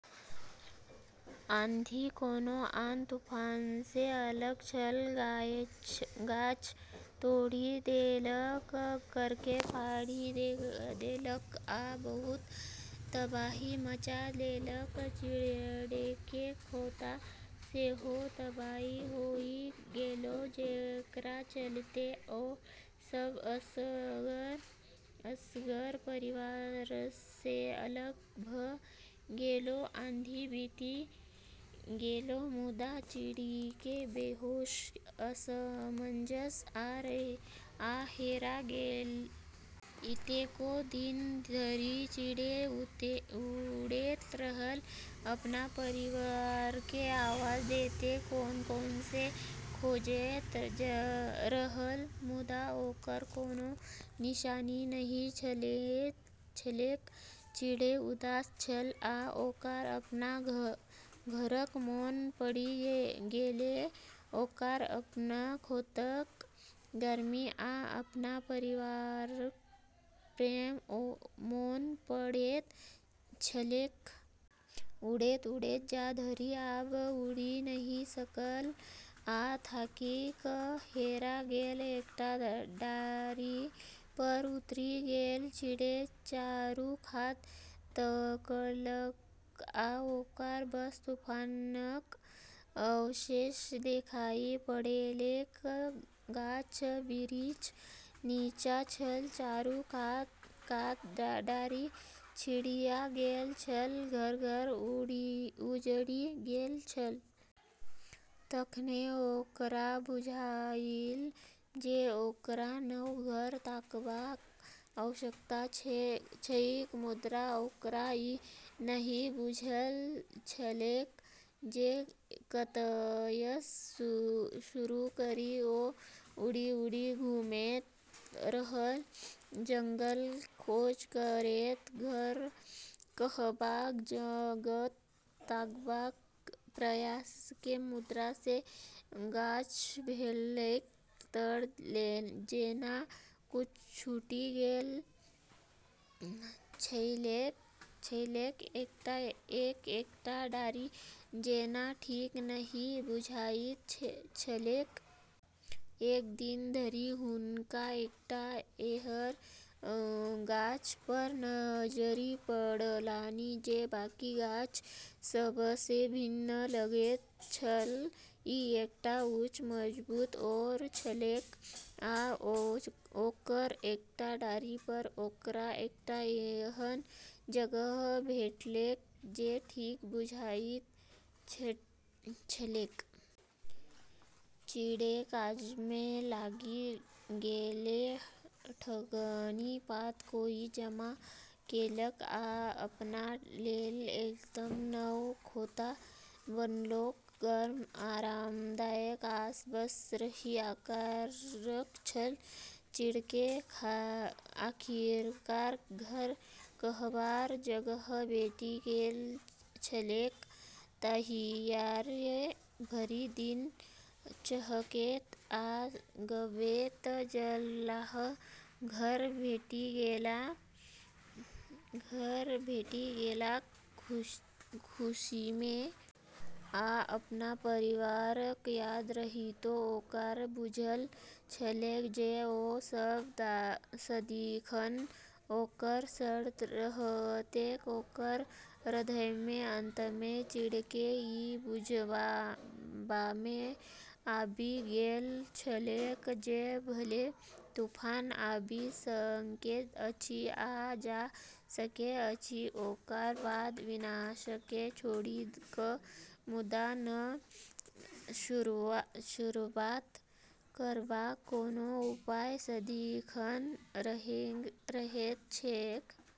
आंधी कोनो आन तूफानसँ अलग छल, गाछ तोड़ि देलक, घरके फाड़ि देलक आ बहुत तबाही मचा देलक। चिड़ैके खोंता सेहो तबाह होइ गेलै, जेकरा चलते ओ सब असगर, परिवारसँ अलग भ' गेलै। आंधी बीति गेलै, मुदा चिड़ैकेँ बेहोश, असमंजस आ हेरा गेल। कतेको दिन धरि चिड़ै उड़ैत रहल, अपन परिवारकेँ आवाज दैत, कोन-कोनमे खोजैत रहल, मुदा ओकर कोनो निशानी नहि छलैक। चिड़ै उदास छल, आ ओकरा अपन घरक मोन पड़ि गेलै। ओकरा अपन खोंताक गर्मी, आ अपन परिवारक प्रेम मोन पड़ैत छलैक। उड़ैत-उड़ैत जा धरि आब उड़ि नहि सकल, आ थाकि क' हेरा गेल एकटा डारि पर उतरि गेल। चिड़ै चारू कात तकलक, आ ओकरा बस तूफानक अवशेष देखाइ पड़लैक। गाछ-बिरिछ निच्चाँ छल, चारू कात डारि छिड़िया गेल छल, घर-घर उजड़ि गेल छल। तखने ओकरा बुझाइल जे ओकरा नव घर ताकबाक आवश्यकता छैक, मुदा ओकरा ई नहि बुझल छलैक जे कतयसँ शुरू करी। ओ उड़ि-उड़ि घुमैत रहल, जंगलक खोज करैत, घर कहबाक जगह ताकबाक प्रयासमे। मुदा जे गाछ भेटलैक तऽ जेना किछ छूटि गेल छलैक, एक-एकटा डारि जेना ठीक नहि बुझाइत छलैक। एक दिन धरि हुनका एकटा एहन गाछ पर नजरि पड़लनि जे बाकी गाछ सभसँ भिन्न लगैत छल। ई एकटा ऊँच, मजबूत ओक छलैक आ ओकर एकटा डारि पर ओकरा एकटा एहन जगह भेटलैक जे ठीके बुझाइत छलैक। चिड़ै काजमे लागि गेलै, टहनी, पात, काई जमा केलक आ अपना लेल एकदम नव खोंता बनौलक। गर्म, आरामदायक आ बस सही आकारक छल। चिड़ैकेँ आखिरकार घर कहबाक जगह भेटि गेल छलैक। तहियासँ भरि दिन चहकैत आ गबैत रहलाह, घर भेटि गेलाक खुशीमे। आ अपन परिवारक याद रहितो ओकरा बुझल छलैक जे ओ सभ सदिखन ओकर सङ्ग रहतैक, ओकर हृदयमे। अंतमे चिड़ैकेँ ई बुझबामे आबि गेल छलैक जे भले तूफान आबि सकैत अछि आ जा सकैत अछि, ओकर बाद विनाशकेँ छोड़ि क', मुदा नव शुरुआत करबाक कोनो उपाय सदिखन रहैत छैक।